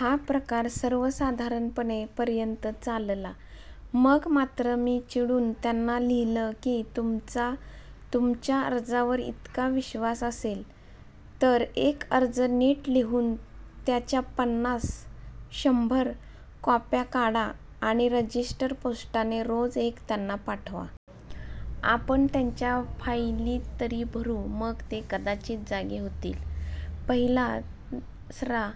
हा प्रकार सर्वसाधारणपणे पर्यंत चालला. मग मात्र मी चिडुन त्यांना लिहिलं की 'तुमचा तुमच्या अर्जावर इतका विश्वास असेल, तर एक अर्ज नीट लिहून, त्याच्या पन्नास/ शंभर कॉप्या काढा. आणि रजिस्टर पोस्टाने रोज एक त्यांना पाठवा. आपण त्यांच्या फाईली तरी भरू मग ते कदाचित जागे होतील. 'पहिला ुसरा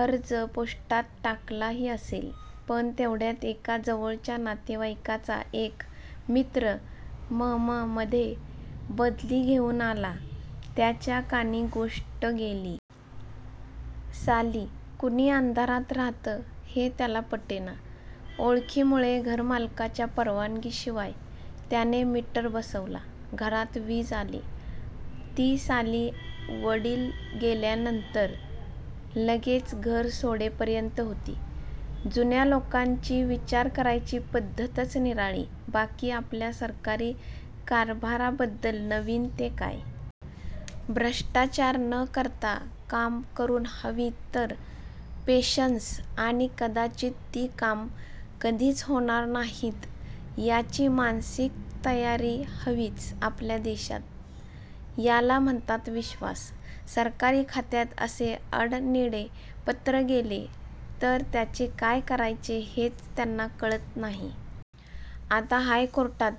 अर्ज पोस्टात टाकलाही असेल. पण तेवढ्यात एका जवळच्या नातेवाईकाचा एक मित्र म. मं. मधे बदली घेऊन आला. त्याच्या कानी गोष्ट गेली. साली 'कुणी अंधारात रहातं,' हे त्याला पटेना. ओळखीमुळे 'घरमालकाच्या परवानगीशिवाय' त्याने मीटर बसवला. घरात वीज आली, ती साली वडिल गेल्यानंतर लगेच घर सोडेपर्यंत होती.. जुन्या लोकांची विचार करायची पद्ध्तच निराळी. बाकी आपल्या सरकारी कारभाराबद्दल, नवीन ते काय? भ्रष्टाचार न करता कामं करुन हवी तर पेशन्स आणि कदाचित ती कामं कधीच होणार नाहीत याची मानसिक तयारी हविच आपल्या देशात. याला म्हणतात विश्वास. सरकारी खात्यात असे अडनिडे पत्र गेले, तर त्याचे काय करायचे हेच त्याना कळत नाही. आता हायकोर्टात,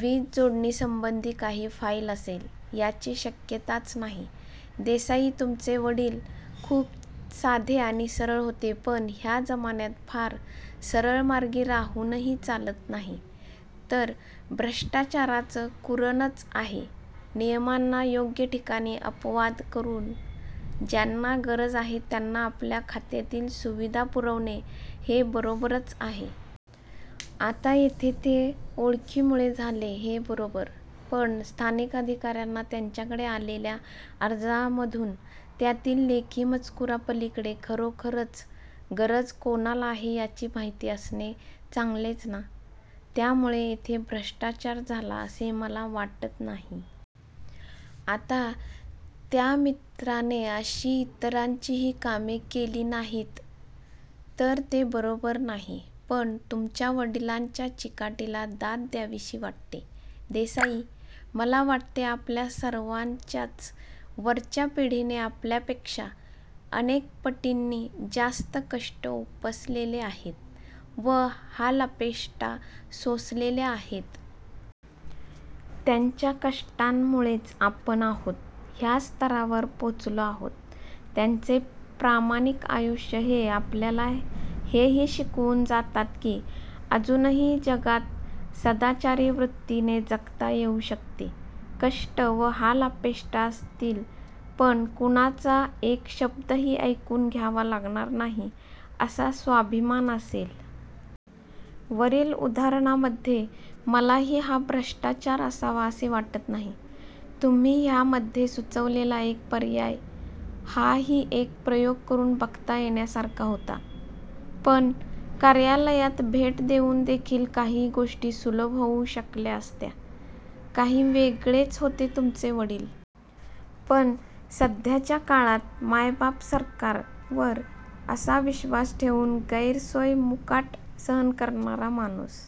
वीज जोडणीसंबधी काही फाईल असेल, याची शक्यताच नाही. देसाई तुमचे वडील खुप साधे आणि सरळ होते पण ह्या जमान्यात फार सरळमार्गी राहुनही चालत नाही. तर भ्रष्टाचाराचं कुरणचं आहे. नियमांना योग्य ठिकाणी अपवाद करून ज्यांना गरज आहे त्यांना आपल्या खात्यातील सुविधा पुरवणे हे बरोबरच आहे. आता येथे ते ओळखीमुळे झाले हे बरोबर, पण स्थानिक अधिकार्यांना त्यांच्याकडे आलेल्या अर्जामधून त्यातील 'लेखी मजकुरापलिकडे' खरोखरच गरज कोणाला आहे याची माहिती असणे चांगलेच ना? त्यामुळे येथे भ्रष्टाचार झाला असे मला वाटत नाही. आता त्या मित्राने अशी इतरांचीही कामे केली नाहीत तर ते बरोबर नाही. पण तुमच्या वडिलांच्या चिकाटीला दाद द्यावीशी वाटते. देसाई, मला वाटते आपल्या सर्वान्च्याच वरच्या पिढीने आपल्यापेक्शा अनेक पटींनी जास्त कष्ट उपसलेले आहेत व हाल अपेष्टा सोसलेल्या आहेत. त्यांच्या कष्टांमुळेच आपण आहोत ह्या स्तरावर पोचलो आहोत. त्यांचे प्रामाणिक आयुष्य हे आपल्याला हेही शिकवून जातात की अजूनही जगात सदाचारी वृत्तीने जगता येऊ शकते. कष्ट व हाल अपेष्टा असतील पण कुणाचा एक शब्दही ऐकून घ्यावा लागणार नाही असा स्वाभिमान असेल. वरील उदाहरणामध्ये मलाही हा भ्रष्टाचार असावा असे वाटत नाही. तुम्ही ह्यामध्ये सुचवलेला एक पर्याय हाही एक प्रयोग करुन बघता येण्यासारखा होता. पण कार्यालयात भेट देउन देखील काही गोष्टी सुलभ होऊ शकल्या असत्या. काही वेगळेच होते तुमचे वडील! पण सध्याच्या काळात ''मायबाप सरकार''वर असा विश्वास ठेवून गैरसोय मुकाट सहन करणारा माणूस